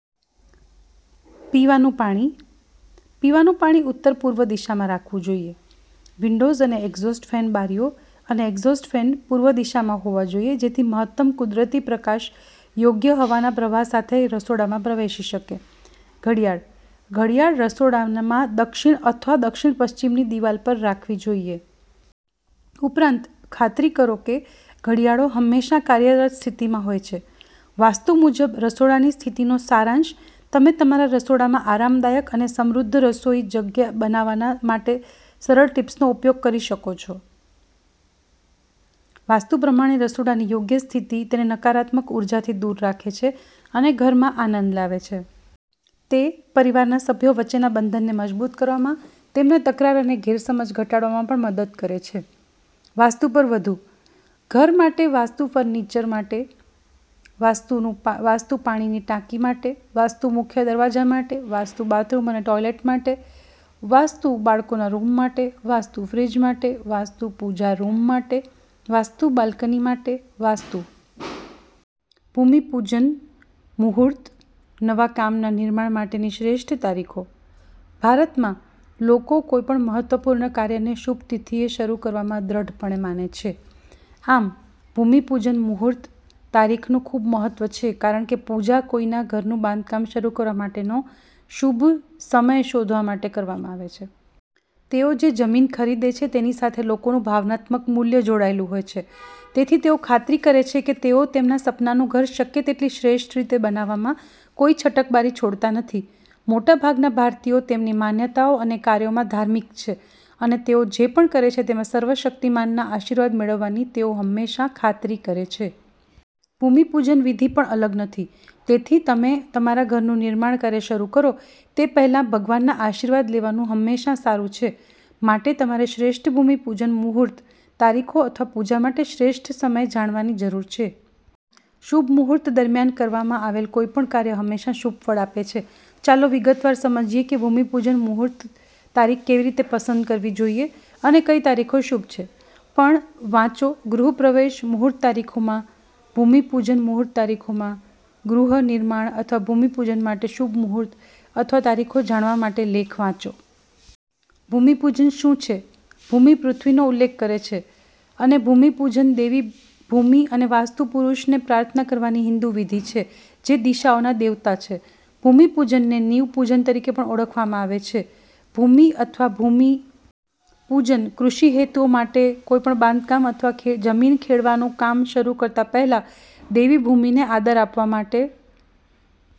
પીવાનું પાણીપીવાનું પાણી ઉત્તર પૂર્વ દિશામાં રાખવું જોઈએ. વિન્ડોઝ અને એક્ઝોસ્ટ ફેનબારીઓ અને એક્ઝોસ્ટ ફેન પૂર્વ દિશામાં હોવા જોઈએ જેથી મહત્તમ કુદરતી પ્રકાશ યોગ્ય હવાના પ્રવાહ સાથે રસોડામાં પ્રવેશી શકે. ઘડિયાળઘડિયાળ રસોડામાં દક્ષિણ અથવા દક્ષિણ પશ્ચિમની દિવાલ પર રાખવી જોઈએ. ઉપરાંત, ખાતરી કરો કે ઘડિયાળો હંમેશા કાર્યરત સ્થિતિમાં હોય છે. વાસ્તુ મુજબ રસોડાની સ્થિતિનો સારાંશ તમે તમારા રસોડામાં આરામદાયક અને સમૃદ્ધ રસોઈ જગ્યા બનાવાના માટે સરળ ટીપ્સનો ઉપયોગ કરી શકો છો. વાસ્તુ પ્રમાણે રસોડાની યોગ્ય સ્થિતિ તેને નકારાત્મક ઉર્જાથી દૂર રાખે છે અને ઘરમાં આનંદ લાવે છે. તે પરિવારના સભ્યો વચ્ચેના બંધનને મજબૂત કરવામાં, તેમના તકરાર અને ગેરસમજને ઘટાડવામાં પણ મદદ કરે છે. વાસ્તુ પર વધુ ઘર માટે વાસ્તુ ફર્નિચર માટે વસ્તુ નુ વાસ્તુ પાણીની ટાંકી માટે વાસ્તુ મુખ્ય દરવાજા માટે વાસ્તુ બાથરૂમ અને ટોયલેટ માટે વાસ્તુ બાળકોના રૂમ માટે વાસ્તુ ફ્રિજ માટે વાસ્તુ પૂજા રૂમ માટે વાસ્તુ બાલ્કની માટે વાસ્તુ.. ભૂમિ પૂજન મુહૂર્ત નવા કામ ના નિર્માણ માટેની શ્રેષ્ઠ તારીખો ભારતમાં, લોકો કોઈ પણ મહત્વપૂર્ણ કાર્યને શુભ તિથિએ શરૂ કરવામાં દ્રઢપણે માને છે. આમ, ભૂમિપૂજન મુહૂર્ત તારીખનું ખૂબ મહત્વ છે કારણ કેપૂજા કોઈના ઘરનું બાંધકામ શરૂ કરવા માટેનો શુભ સમય શોધવા માટે કરવામાં આવે છે. તેઓ જે જમીન ખરીદે છે તેની સાથે લોકોનું ભાવનાત્મક મૂલ્ય જોડાયેલું હોય છેતેથી, તેઓ ખાતરી કરે છે કે તેઓ તેમના સપનાનું ઘર શક્ય તેટલી શ્રેષ્ઠ રીતે બનાવવામાં કોઈ છટકબારી છોડતા નથી. મોટાભાગના ભારતીયો તેમની માન્યતાઓ અને કાર્યોમાં ધાર્મિક છે, અને તેઓ જે પણ કરે છે તેમાં સર્વશક્તિમાનના આશીર્વાદ મેળવવાની તેઓ હંમેશા ખાતરી કરે છે. ભૂમિપૂજન વિધિ પણ અલગ નથી. તેથી, તમે તમારા ઘરનું નિર્માણ કાર્ય શરૂ કરો તે પહેલાં, ભગવાનના આશીર્વાદ લેવાનું હંમેશા સારું છે. માટે, તમારે શ્રેષ્ઠ ભૂમિ પૂજન મુહૂર્ત તારીખો અથવાપૂજા માટે શ્રેષ્ઠ સમય જાણવાની જરૂર છે. શુભ મુહૂર્ત દરમિયાન કરવામાં આવેલ કોઈપણ કાર્ય હંમેશા શુભ ફળ આપે છે. ચાલો વિગતવાર સમજીએ કે ભૂમિ પૂજન મુહૂર્ત તારીખ કેવી રીતે પસંદ કરવી જોઈએ અને કઈ તારીખો શુભ છે. પણ વાંચોગૃહ પ્રવેશ મુહૂર્ત તારીખો માં ભૂમિ પૂજન મુહૂર્ત તારીખો માં ગૃહ નિર્માણ અથવા ભૂમિપૂજન માટે શુભ મુહૂર્ત અથવા તારીખો જાણવા માટેલેખ વાંચો. ભૂમિપૂજન શું છે? ભૂમિપૃથ્વીનો ઉલ્લેખ કરે છે, અને ભૂમિપૂજનદેવી ભૂમિ અને વાસ્તુ પુરૂષને પ્રાર્થના કરવાની હિંદુ વિધિ છે, જે દિશાઓના દેવતા છે. ભૂમિપૂજનને નીવ પૂજન તરીકે પણ ઓળખવામાં આવે છે. ભૂમિ અથવા ભૂમિ પૂજન કૃષિ હેતુઓ માટે કોઈપણ બાંધકામ અથવા ખે જમીન ખેડવાનું કામ શરૂ કરતા પહેલા દેવી ભૂમિને આદર આપવા માટે